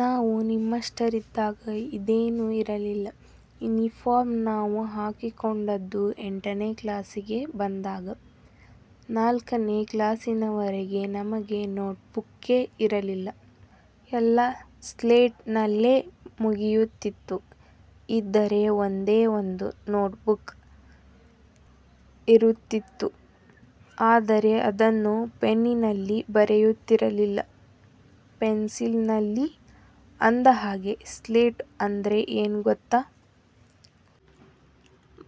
ನಾವು ನಿಮ್ಮಷ್ಟರಿದ್ದಾಗ ಇದೇನು ಇರಲಿಲ್ಲ. ಯೂನಿಫಾರಮ್ ನಾವು ಹಾಕಿಕೊಂಡದ್ದು ಎಂಟನೆ ಕ್ಲಾಸಿಗೆ ಬಂದಾಗ, ನಾಲ್ಕನೇ ಕ್ಲಾಸಿನವರಗೆ ನಮಗೆ ನೋಟ್ ಬುಕ್ಕೇ ಇರಲಿಲ್ಲ. ಎಲ್ಲಾ ಸ್ಲೇಟ್ ನಲ್ಲೇ ಮುಗಿಯುತಿತ್ತು. ಇದ್ದರೆ ಒಂದೇ ಒಂದು ನೋಟ್ ಬುಕ್ ಇರುತಿತ್ತು. ಆದರೆ ಅದನ್ನು ಪೆನ್ನಿನಲ್ಲಿ ಬರೆಯುತ್ತಿರಲಿಲ್ಲ, ಪೆನ್ಸಿಲಿನಲ್ಲಿ. ಅಂದಹಾಗೆ ಸ್ಲೇಟು ಅಂದರೆ ಏನು ಗೊತ್ತಾ?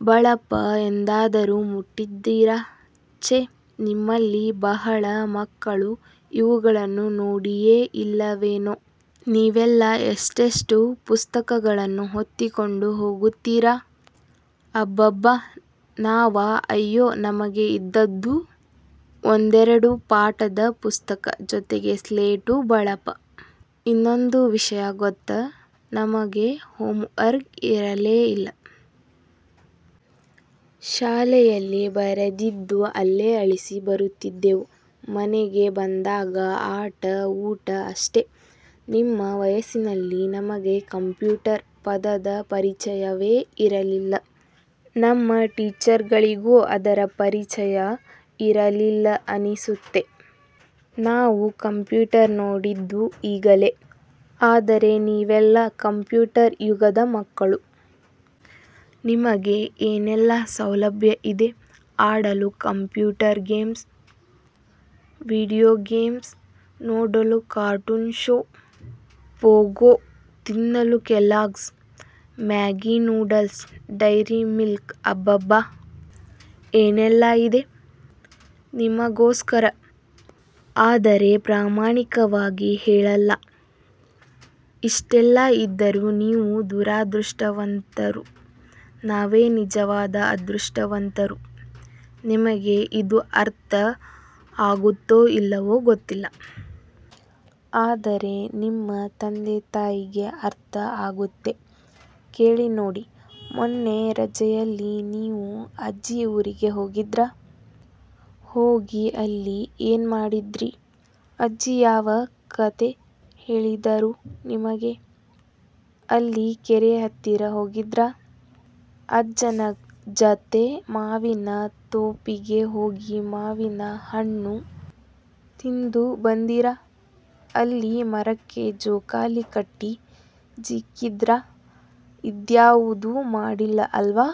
ಬಳಪ ಎಂದಾದರು ಮುಟ್ಟಿದ್ದೀರಾ? ಛೇ ನಿಮ್ಮಲ್ಲಿ ಬಹಳ ಮಕ್ಕಳು ಇವುಗಳನ್ನು ನೋಡಿಯೇ ಇಲ್ಲವೇನೊ? ನೀವೆಲ್ಲಾ ಎಷ್ಟೆಷ್ಟು ಪುಸ್ತಕಗಳನ್ನು ಹೊತ್ತಿಕೊಂಡು ಹೋಗುತ್ತೀರಾ, ಅಬ್ಬಬ್ಬಾ! ನಾವಾ ಅಯ್ಯೋ, ನಮಗೆ ಇದ್ದದ್ದು ಒಂದೆರಡು ಪಾಠದ ಪುಸ್ತಕ ಜೊತೆಗೆ ಸ್ಲೇಟು ಬಳಪ. ಇನ್ನೊಂದು ವಿಷಯ ಗೊತ್ತ ನಮಗೆ ಹೋಮ್ ವರ್ಕ್ ಇರಲೇ ಇಲ್ಲ. ಶಾಲೆಯಲ್ಲಿ ಬರೆದಿದ್ದು ಅಲ್ಲೆ ಅಳಿಸಿ ಬರುತ್ತಿದ್ದೆವು. ಮನೆಗೆ ಬಂದಾಗ ಆಟ ಊಟ ಅಷ್ಟೆ. ನಿಮ್ಮ ವಯಸ್ಸಿನಲ್ಲಿ ನಮಗೆ 'ಕಂಪ್ಯೂಟರ್' ಪದದ ಪರಿಚಯವೇ ಇರಲಿಲ್ಲ. ನಮ್ಮ ಟೀಚರ್ ಗಳಿಗೂ ಅದರ ಪರಿಚಯ ಇರಲಿಲ್ಲ ಅನ್ನಿಸುತ್ತೆ. ನಾವು ಕಂಪ್ಯೂಟರ್ ನೋಡಿದ್ದು ಈಗಲೇ. ಆದರೆ ನೀವೆಲ್ಲ ಕಂಪ್ಯೂಟರ್ ಯುಗದ ಮಕ್ಕಳು. ನಿಮಗೆ ಏನೆಲ್ಲಾ ಸೌಲಭ್ಯ ಇದೆ. ಆಡಲು ಕಂಪ್ಯೂಟರ್ ಗೇಮ್ಸ್, ವೀಡಿಯೋ ಗೇಮ್ಸ್, ನೋಡಲು ಕಾರ್ಟೂನ್ ಶೊ, ಪೋಗೊ, ತಿನ್ನಲು ಕೆಲಾಗ್ಸ್, ಮ್ಯಾಗಿ ನೂಡಲ್ಸ್, ಡೈರಿ ಮಿಲ್ಕ್ಅಬ್ಬಬ್ಬಾ, ಏನೆಲ್ಲಾ ಇದೆ 'ನಿಮಗೋಸ್ಕರ'? ಆದರೆ ಪ್ರಾಮಾಣಿಕವಾಗಿ ಹೇಳಲಾ? ಇಷ್ಟೆಲ್ಲಾ ಇದ್ದರು ನೀವು ದುರಾದೃಷ್ಟವಂತರು ನಾವೆ ನಿಜವಾದ ಅದೃಷ್ಟವಂತರು. ನಿಮಗೆ ಇದು ಅರ್ಥ ಆಗುತ್ತೋ ಇಲ್ಲವೋ ಗೊತ್ತಿಲ್ಲ. ಆದರೆ ನಿಮ್ಮ ತಂದೆ-ತಾಯಿಗೆ ಅರ್ಥ ಆಗುತ್ತೆ, ಕೇಳಿ ನೋಡಿ. ಮೊನ್ನೆ ರಜೆಯಲ್ಲಿ ನೀವು ಅಜ್ಜಿ ಊರಿಗೆ ಹೋಗಿದ್ರಾ? ಹೋಗಿ ಅಲ್ಲಿ ಏನ್ ಮಾಡಿದ್ರಿ? ಅಜ್ಜಿ ಯಾವ ಕತೆ ಹೇಳಿದರು ನಿಮಗೆ? ಅಲ್ಲಿ ಕೆರೆ ಹತ್ತಿರ ಹೋಗಿದ್ರಾ? ಅಜ್ಜನ ಜತೆ ಮಾವಿನ ತೋಪಿಗೆ ಹೋಗಿ ಮಾವಿನ ಹಣ್ಣು ತಿಂದು ಬಂದಿರಾ ಅಲ್ಲಿ ಮರಕ್ಕೆ ಜೋಕಾಲಿ ಕಟ್ಟಿ ಜೀಕಿದ್ರಾ ಇದ್ಯಾವುದು ಮಾಡಿಲ್ಲ ಅಲ್ವಾ?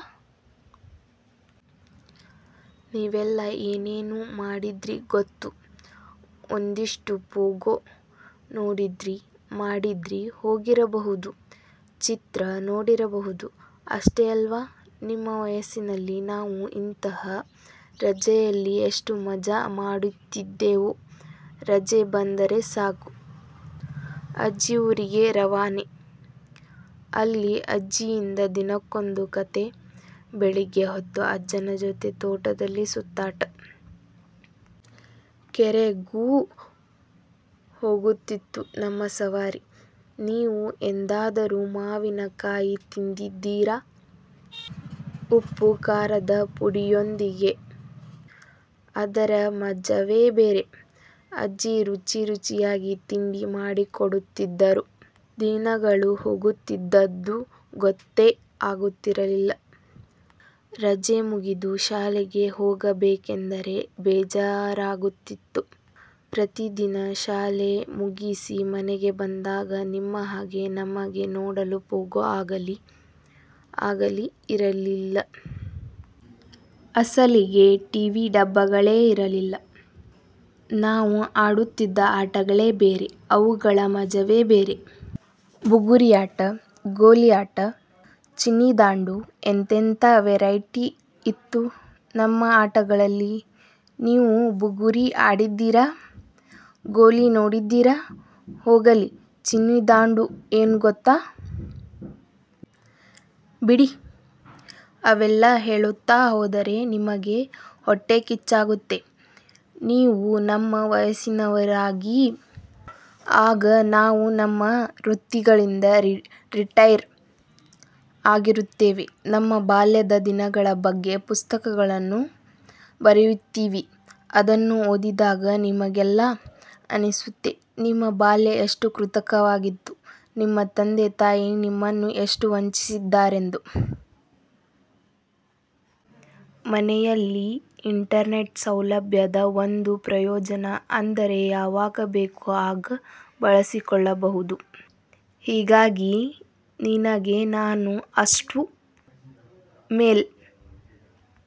ನೀವೆಲ್ಲ ಏನೇನು ಮಾಡಿದ್ರಿ ಗೊತ್ತು. ಒಂದಿಷ್ಟು ಪೊಗೊ ನೋಡಿದ್ರಿ, ಮಾಡಿದ್ರಿ, ಹೋಗಿರಬಹುದು, ಚಿತ್ರ ನೋಡಿರಬಹುದು. ಅಷ್ಟೆ ಅಲ್ವಾ ನಿಮ್ಮ ವಯಸ್ಸಿನಲ್ಲಿ ನಾವು ಇಂತಹ ರಜೆಯಲ್ಲಿ ಎಷ್ಟು ಮಜಾ ಮಾಡುತ್ತಿದ್ದೆವು. ರಜೆ ಬಂದರೆ ಸಾಕು, ಅಜ್ಜಿ ಊರಿಗೆ ರವಾನೆ. ಅಲ್ಲಿ ಅಜ್ಜಿಯಿಂದ ದಿನಕ್ಕೊಂದು ಕತೆ. ಬೆಳಿಗ್ಗೆ ಹೊತ್ತು ಅಜ್ಜನ ಜೊತೆ ತೋಟದಲ್ಲಿ ಸುತ್ತಾಟ. ಕೆರೆಗೂ ಹೋಗುತಿತ್ತು ನಮ್ಮ ಸವಾರಿ. ನೀವು ಎಂದಾದರು ಮಾವಿನ ಕಾಯಿ ತಿಂದಿದ್ದೀರಾ, ಉಪ್ಪು ಖಾರದ ಪುಡಿಯೊಂದಿಗೆ? ಅದರ ಮಜವೇ ಬೇರೆ. ಅಜ್ಜಿ ರುಚಿ ರುಚಿಯಾದ ತಿಂಡಿ ಮಾಡಿಕೊಡುತ್ತಿದ್ದರು. ದಿನಗಳು ಹೋಗುತ್ತಿದ್ದದ್ದು ಗೊತ್ತೇ ಆಗುತ್ತಿರಲಿಲ್ಲ. ರಜೆ ಮುಗಿದು ಶಾಲೆಗೆ ಹೋಗಬೇಕೆಂದರೇ ಬೇಜಾರಾಗುತಿತ್ತು. ಪ್ರತಿದಿನ ಶಾಲೆ ಮುಗಿಸಿ ಮನೆಗೆ ಬಂದಾಗ ನಿಮ್ಮ ಹಾಗೆ ನಮಗೆ ನೋಡಲು ಪೊಗೊ ಆಗಲಿ, ಆಗಲಿ ಇರಲಿಲ್ಲ. ಅಸಲಿಗೆ ಟಿ ವಿ ಡಬ್ಬಗಳೇ ಇರಲಿಲ್ಲ. ನಾವು ಆಡುತ್ತಿದ್ದ ಆಟಗಳೇ ಬೇರೆ ಅವುಗಳ ಮಜವೇ ಬೇರೆ. ಬುಗುರಿ ಆಟ, ಗೋಲಿ ಆಟ, ಚಿಣ್ಣಿ ದಾಂಡು. ಎಂತೆಂಥಾ ವೆರೈಟಿ ಇತ್ತು ನಮ್ಮ ಆಟಗಳಲ್ಲಿ ನೀವು ಬುಗುರಿ ಆಡಿದ್ದೀರಾ? ಗೋಲಿ ನೋಡಿದ್ದೀರಾ? ಹೋಗಲಿ, ಚಿನ್ನಿ ದಾಂಡು ಏನು ಗೊತ್ತಾ? ಬಿಡಿ, ಅವೆಲ್ಲಾ ಹೇಳುತ್ತಾ ಹೋದರೆ ನಿಮಗೆ ಹೋಟ್ಟೆಕಿಚ್ಚಾಗುತ್ತೆ. ನೀವೂ ನಮ್ಮ ವಯಸ್ಸಿನವರಾಗಿ. ಆಗ ನಾವು ನಮ್ಮ ನಮ್ಮ ವೃತ್ತಿಗಳಿಂದ ರಿಟೈರ್ ಆಗಿರುತ್ತೇವೆ. ನಮ್ಮ ಬಾಲ್ಯದ ದಿನಗಳ ಬಗ್ಗೆ ಪುಸ್ತಕಗಳನ್ನು ಬರೆಯುತ್ತೀವಿ ಅದನ್ನು ಓದಿದಾಗ ನಿಮಗೆಲ್ಲಾ ಅನ್ನಿಸುತ್ತೆ, ನಿಮ್ಮ ಬಾಲ್ಯ ಎಷ್ಟು ಕೃತಕವಾಗಿತ್ತು, ನಿಮ್ಮ ತಂದೆ ತಾಯಿ ನಿಮ್ಮನ್ನು ಎಷ್ಟು 'ವಂಚಿಸಿ'ದ್ದಾರೆಂದು! ಮನೆಯಲ್ಲಿ ಇಂಟರ್ನೆಟ್ ಸೌಲಭ್ಯದ ಒಂದು ಪ್ರಯೋಜನ ಅಂದರೆ ಯಾವಾಗ ಬೇಕು ಆಗ ಬಳಸಿಕೊಳ್ಳಬಹುದು. ಹೀಗಾಗಿ ನಿನಗೆ ನಾನು ಅಷ್ಟು ಮೇಲ್